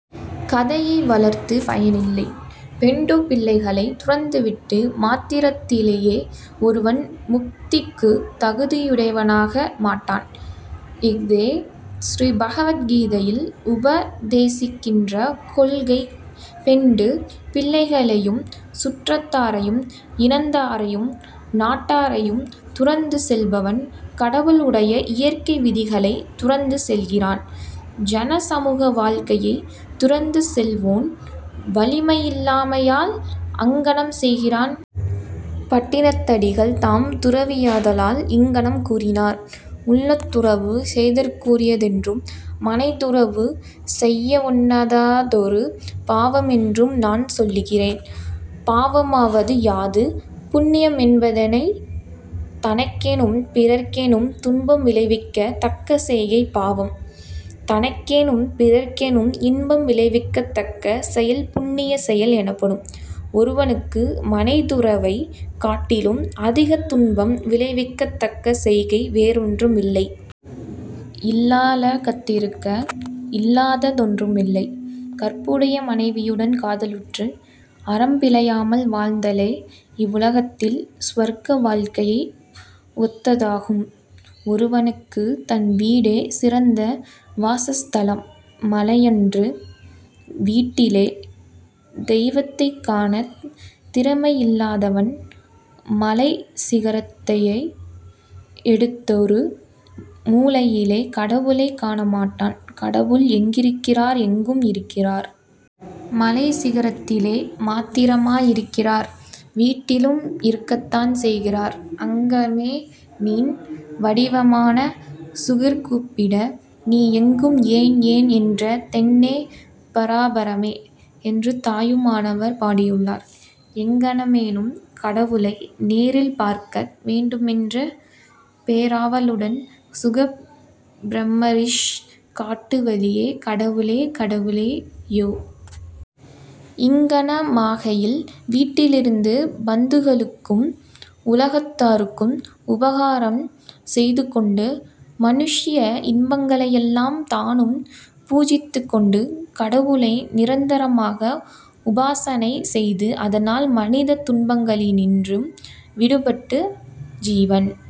கதையை வளர்த்துப் பயனில்லை. பெண்டு பிள்ளைகளைத் துறந்துவிட்ட மாத்திரத்திலேயே ஒருவன் முக்திக்குத் தகுதியுடையவனாக மாட்டான். இஃதே ஸ்ரீபகவத் கீதையில் உபதேசிக்கிற கொள்கை. பெண்டு பிள்ளைகளையும் சுற்றத்தாரையும் இனத்தாரையும் நாட்டாரையும் துறந்து செல்பவன் கடவுளுடைய இயற்கை விதிகளைத் துறந்து செல்கிறான். ஜன சமூக வாழ்க்கையைத் துறந்து செல்வோன் வலிமையில்லாமையால் அங்ஙனம் செய்கிறான். பட்டினத்தடிகள் தாம் துறவியாதலால் இங்ஙனம் கூறினார். உள்ளத் துறவு செய்தற்குரியதென்றும் மனைத் துறவு செய்யவொண்ணாததொரு பாவமென்றும் நான் சொல்லுகிறேன். பாவமாவது யாது? புண்ணியமென்பதெனனை? தனக்கேனும் பிறர்க்கேனும் துன்பம் விளைவிக்கத் தக்க செய்கை பாவம். தனக்கேனும் பிறர்க்கேனும் இன்பம் விளைவிக்கத்தக்க செயல் புண்ணியச் செயல் எனப்படும். ஒருவனுக்கு மனைத் துறவைக் காட்டிலும் அதிகத் துன்பம் விளைவிக்கத்தக்க செய்கை வேறொன்றுமில்லை. 'இல்லா ளகத்திருக்க இல்லாத தொன்றுமில்லை கற்புடைய மனைவியுடன் காதலுற்று, அறம் பிழையாமல் வாழ்தலே இவ்வுலகத்தில் சுவர்க்க வாழ்க்கையை ஒத்ததாகும். ஒருவனுக்குத் தன் வீடே சிறந்த வாசஸ்தலம். மலையன்று. வீட்டிலே தெய்வத்தைக் காணத் திறமையில்லாதவன் மலைச் சிகரத்தையடுத்ததொரு முழையிலே கடவுளைக் காணமாட்டான். கடவுள் எங்கிருக்கிறார்? எங்கும் இருக்கிறார். மலைச் சிகரத்திலே மாத்திரமா இருக்கிறார்? வீட்டிலும் இருக்கத்தான் செய்கிறார். அங்கமே நின் வடிவமான சுகர்கூப்பிட நீ எங்கும் 'ஏன்? ஏன்? ' என்ற தென்னே பராபரமே? என்று தாயுமானவர் பாடியுள்ளார். எங்ஙனமேனும், கடவுளை நேரில் பார்க்க வேண்டுமென்ற பேராவலுடன், சுகப் பிரம்மரிஷி காட்டு வழியே, 'கடவுளே, கடவுளே யோ! இங்ஙனமாகையில் வீட்டிலிருந்து பந்துக்களுக்கும் உலகத்தாருக்கும் உபகாரம் செய்துகொண்டு, மனுஷ்ய இன்பங்களையெல்லாம் தானும் பூஜித்துக்கொண்டு, கடவுளை நிரந்தரமாக உபாசனை செய்து, அதனால் மனிதத் துன்பங்களினின்றும் விடுபட்டு, ஜீவன்